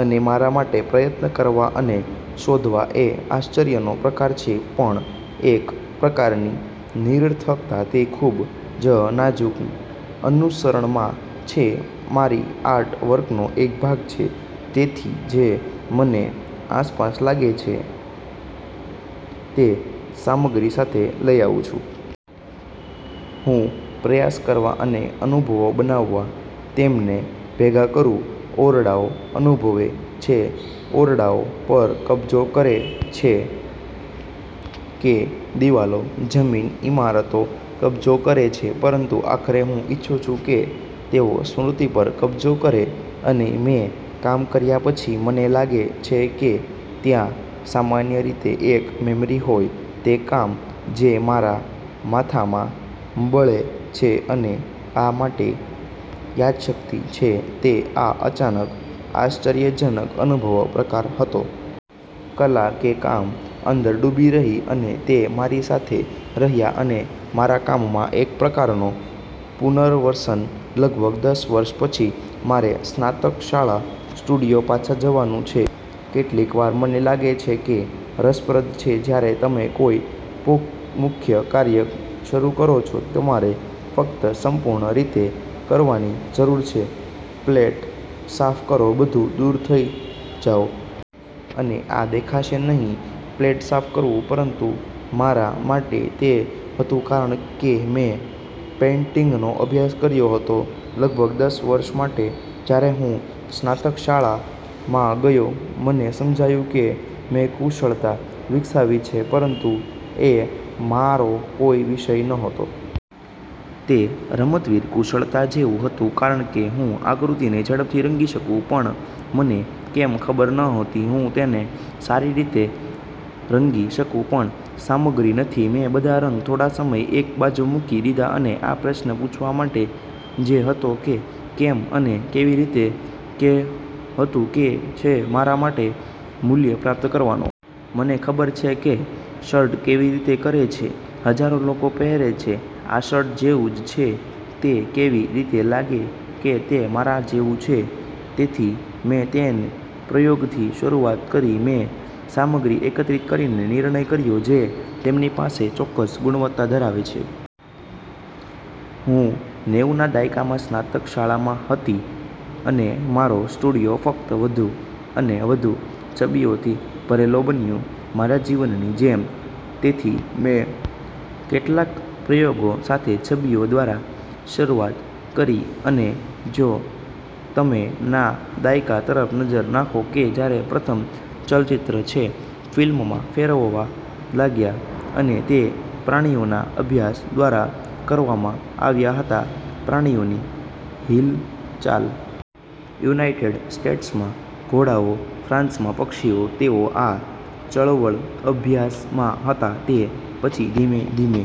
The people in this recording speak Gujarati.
અને મારા માટે, પ્રયત્ન કરવા અને શોધવા એ આશ્ચર્યનો પ્રકાર છે, પણ એક પ્રકારની નિરર્થકતા તે ખૂબ જ નાજુક અનુસરણમાં છે, મારી આર્ટ વર્કનો એક ભાગ છે. તેથી જે મને આસપાસ લાગે તે સામગ્રી સાથે લઈ આવુ છું. હું પ્રયાસ કરવા અને અનુભવો બનાવવા તેમને ભેગા કરુ ઓરડાઓ અનુભવે છે જે ઓરડાઓ પર કબજો કરે છે, કે દિવાલો, જમીન, ઇમારતો કબજે કરે છે ,પરંતુ આખરે હું ઇચ્છું છું કે તેઓ સ્મૃતિ પર કબજો કરે અને મેં કામ કર્યા પછી, મને લાગે છે કે ત્યાં સામાન્ય રીતે એક મેમરી હોય તે કામ જે મારા માથામાં બળે છે અને આ મારા માટે યાદશક્તિ છે તે આ અચાનક આશ્ચર્યજનક અનુભવનો પ્રકાર હતો. કલા કે કામ અંદર ડૂબી રહી. અને તે મારી સાથે રહ્યો અને મારા કામમાં એક પ્રકારનો પુનર્વસન લગભગ દસ વર્ષ પછી. મારે સ્નાતકશાળા સ્ટુડિયો પાછા જવાનુ છે કેટલીકવાર મને લાગે છે કે રસપ્રદ છે જ્યારે તમે કોઈ મુખ્ય કાર્ય શરૂ કરો છો, તમારે ફક્ત સંપૂર્ણ રીતે કરવાની જરૂર છે પ્લેટ સાફ કરો, બધું દૂર લઈ જાઓ. અને આ દેખાશે નહીં જેવા પ્લેટ સાફ કરવું, પરંતુ મારા માટે, તે હતું કારણ કે મેં પેઇન્ટિંગનો અભ્યાસ કર્યો હતો લગભગ દસ વર્ષ માટે, જ્યારે હું સ્નાતકશાળા શાળામા ગયો મને સમજાયું કે મેં કુશળતા વિકસાવી છે, પરંતુ એ મારો કોઈ વિષય નહોતો. તે રમતવીર કુશળતા જેવું હતું, કારણ કે હું આકૃતિને ઝડપથી રંગી શકું, પણ મને કેમ ખબર નહોતી. હું તેને સારી રીતે રંગી શકુ પણ સામગ્રી નથી મેં બધા રંગ થોડા સમય એક બાજુ મૂકી દીધા અને આ પ્રશ્ન પૂછવા માટે, જે હતો કે "કેમ અને કેવી રીતે હેતુ છે અમારા માટે મૂલ્ય પ્રાપ્ત કરવાનો? " મને ખબર છે કે શર્ટ કેવી રીતે કરે છે હજારો લોકો પહેરે છે, આ શટૅ જેવું જ છે તે કેવી રીતે લાગે કે તે મારા જેવું છે? તેથી મેં તે પ્રયોગથી શરૂઆત કરી મેં સામગ્રી એકત્રિત કરીને નિર્ણય કર્યો જે તેમની પાસે ચોક્કસ ગુણવત્તા ધરાવે છે. હું નેવુના દાયકામાં સ્નાતક શાળામાં હતી અને મારો સ્ટુડિયો ફક્ત વધુ અને વધુ છબીઓથી ભરેલો બન્યો, મારા જીવનની જેમ. તેથી મેં કેટલાક પ્રયોગો સાથે છબીઓ દ્વારા શરૂઆત કરી અને જો તમે ના દાયકા તરફ નજર નાખો, કે જ્યારે પ્રથમ ચલચિત્ર છે ફિલ્મમાં ફેરવવા લાગ્યા અને તે પ્રાણીઓના અભ્યાસ દ્વારા કરવામાં આવ્યા હતા પ્રાણીઓની હિલચાલ. યુનાઇટેડ સ્ટેટ્સમાં ઘોડાઓ, ફ્રાન્સમાં પક્ષીઓ. તેઓ આ ચળવળઅભ્યાસ માં હતા તે પછી ધીમે ધીમે